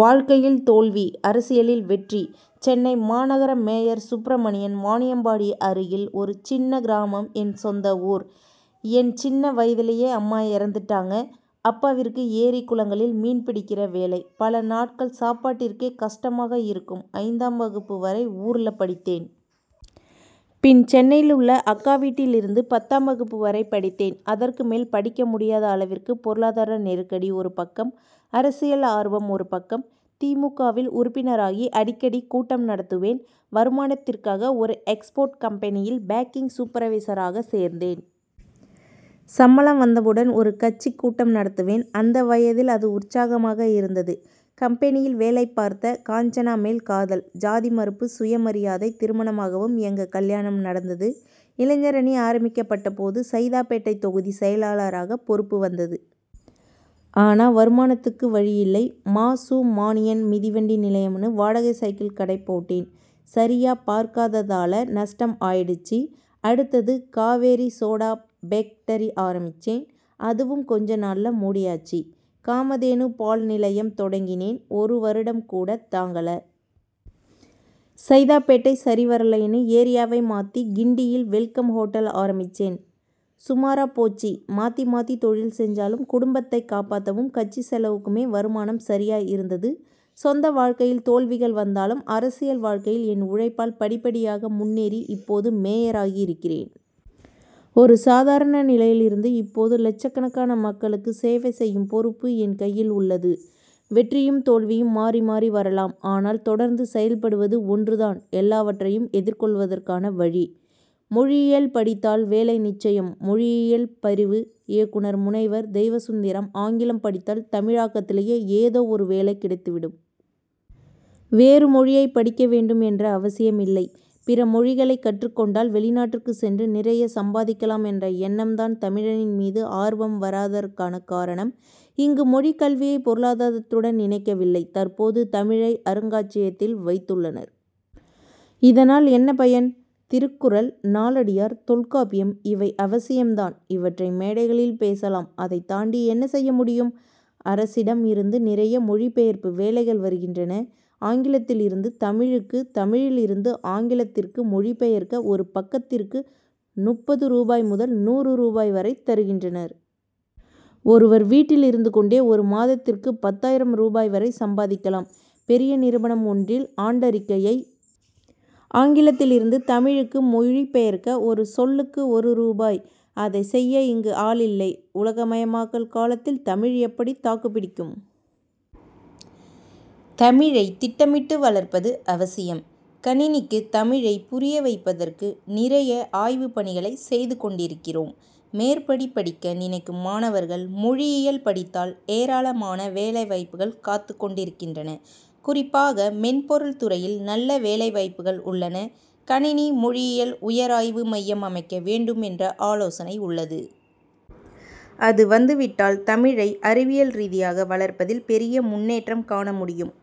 வாழ்க்கையில் தோல்வி அரசியலில் வெற்றி! சென்னை மாநகர மேயர் சுப்ரமணியன் வாணியம்பாடி அருகில் ஒரு சின்னக் கிராமம் என் சொந்த ஊர். என் சின்ன வயசுலேயே அம்மா இறந்துட்டாங்க. அப்பாவிற்கு ஏரி குளங்களில் மீன் பிடிக்கிற வேலை. பல நாட்கள் சாப்பாட்டிற்கே கஷ்டமா இருக்கும். ஐந்தாம் வகுப்பு வரை ஊர்ல படித்தேன். பின் சென்னையில் உள்ள அக்கா வீட்டில் இருந்து பத்தாம் வகுப்பு வரை படித்தேன். அதற்கு மேல் படிக்க முடியாத அளவிற்கு பொருளாதார நெருக்கடி ஒரு பக்கம் அரசியல் ஆர்வம் ஒரு பக்கம். தி. மு. க.வில் உறுப்பினராகி அடிக்கடி கூட்டம் நடத்துவேன். வருமானத்திற்காக ஒரு எக்ஸ்போர்ட் கம்பெனியில் பேக்கிங் சூப்பர்வைசரா சேர்ந்தேன். சம்பளம் வந்த உடன் ஒரு கட்சிக் கூட்டம் நடத்துவேன். அந்த வயதில் அது உற்சாகமா இருந்தது. கம்பெனியில் வேலை பார்த்த காஞ்சனா மேல் காதல். ஜாதி மறுப்பும் சுய மரியாதை திருமணமாகவும் எங்க கல்யாணம் நடந்தது. இளைஞர் அணி ஆரம்பிக்கப்பட்டபோது சைதாப்பேட்டை தொகுதிச் செயலரா பொறுப்பு வந்தது. ஆனா வருமானத்திற்கு வழி இல்லை. மா. சு. மணியன் மிதிவண்டி நிலையம்ன்னு வாடகை சைக்கிள் கடை போட்டேன் சரியா பார்க்காததால நஷ்டம் ஆயிடுச்சு. அடுத்து காவேரி சோடா பேக்டரி ஆரம்பிச்சேன். அதுவும் கொஞ்ச நாளில் மூடியாச்சு. காமதேனு பால் நிலையம் தொடங் கினேன் ஒரு வருடம் கூடத் தாங்கல. சைதாப்பேட்டை சரிவரலைன்னு ஏரியாவை மாத்தி கிண்டியில் வெல்கம் ஓட்டல் ஆரம்பிச்சேன் சுமாராப் போச்சு. மாத்தி மாத்தி தொழில் செஞ்சாலும் குடும்பத்தைக் காப்பாத்தவும் கட்சி செலவுகளுக்குமே வருமானம் சரியா இருந்தது. சொந்த வாழ்க்கையில் தோல்விகள் வந்தாலும் அரசியல் வாழ்க்கையில் என் உழைப்பால் படிப்படியாக முன்னேறி இப்போது மேயராகி இருக்கிறேன். ஒரு சாதாரண நிலையில் இருந்து இப்போது லட்சக்கணக்கான மக்களுக்குச் சேவை செய்யும் பொறுப்பு என் கையில் உள்ளது. வெற்றியும் தோல்வியும் மாறி மாறி வரலாம். ஆனால் தொடர்ந்து செயல்படுவது ஒன்று தான் எல்லாவற்றையும் எதிர்கொள்வதற்கான வழி. மொழியியல் படித்தால் வேலை நிச்சயம்' மொழியியல் பிரிவு இயக்குனர் முனைவர் தெய்வசுந்தரம் ஆங்கிலம் படித்தால் தமிழகத்திலேயே ஏதோ ஒரு வேலை கிடைத்து விடும். வேறு மொழி யை படிக்க வேண்டும் என்ற அவசியம் இல்லை. பிற மொழிகளைக் கற்றுக் கொண்டால் வெளிநாட்டிற்குச் சென்று நிறைய சம்பாதிக்கலாம் என்ற எண்ணம் தான் தமிழின் மீது ஆர்வம் வராததற்கு காரணம். இங்கு மொழிக் கல்வியை பொருளாதாரத்துடன் இணைக்கவில்லை. தற்போது தமிழை அருங்காட்சியகத்தில் வைத்துள்ளனர். இதனால் என்ன பயன்? திருக்குறள் நாலடியார் தொல்காப்பியம் இவை அவசியம் தான். இவற்றை மேடைகளில் பேசலாம் அதைத் தாண்டி என்ன செய்ய முடியும். அரசிடம் இருந்து நிறைய மொழி பெயர்ப்பு வேலைகள் வருகின்றன. ஆங்கிலத்தில் இருந்து தமிழுக்கும் தமிழில் இருந்து ஆங்கிலத்திற்கும் மொழிபெயர்க்க ஒரு பக்கத்திற்கு முப்பது ரூபாய் முதல் நூறு ரூபாய் வரை தருகின்றனர். ஒருவர் வீட்டில் இருந்து கொண்டே ஒரு மாதத்திற்கு பத்தாயிரம் ரூபாய் வரை சம்பாதிக்கலாம். பெரிய நிறுவனம் ஒன்றின் ஆண்டறிக்கையை ஆங்கிலத்தில் இருந்து தமிழுக்கு மொழி பெயர்க்க ஒரு சொல்லுக்கு ஒரு ரூபாய். அதை செய்ய இங்கு ஆள் இல்லை. உலகமயமாக்கல் காலத்தில் தமிழ் எப்படி தாக்குப் பிடிக்கும்? தமிழை திட்டமிட்டு வளர்ப்பது அவசியம். கணினிக்கு தமிழைப் புரிய வைப்பதற்கு நிறைய ஆய்வுப் பணிகளைச் செய்து கொண்டிருக்கிறோம். மேற்படிப்பு படிக்க நினைக்கும் மாணவர்கள் மொழியியல் படித்தால் ஏராளமான வேலைவாய்ப்புகள் காத்துக் கொண்டிருக்கின்றன. குறிப்பாக மென்பொருள் துறையில் நல்ல வேலைவாய்ப்புகள் உள்ளன. கணினி மொழியியல் உயராய்வு மையம் அமைக்க வேண்டும் என்ற ஆலோசனை உள் ளது. அது வந்துவிட்டால் தமிழை அறிவியல் ரீதியாக வளர்ப்பதில் பெரிய முன்னேற்றம் காண முடியும்.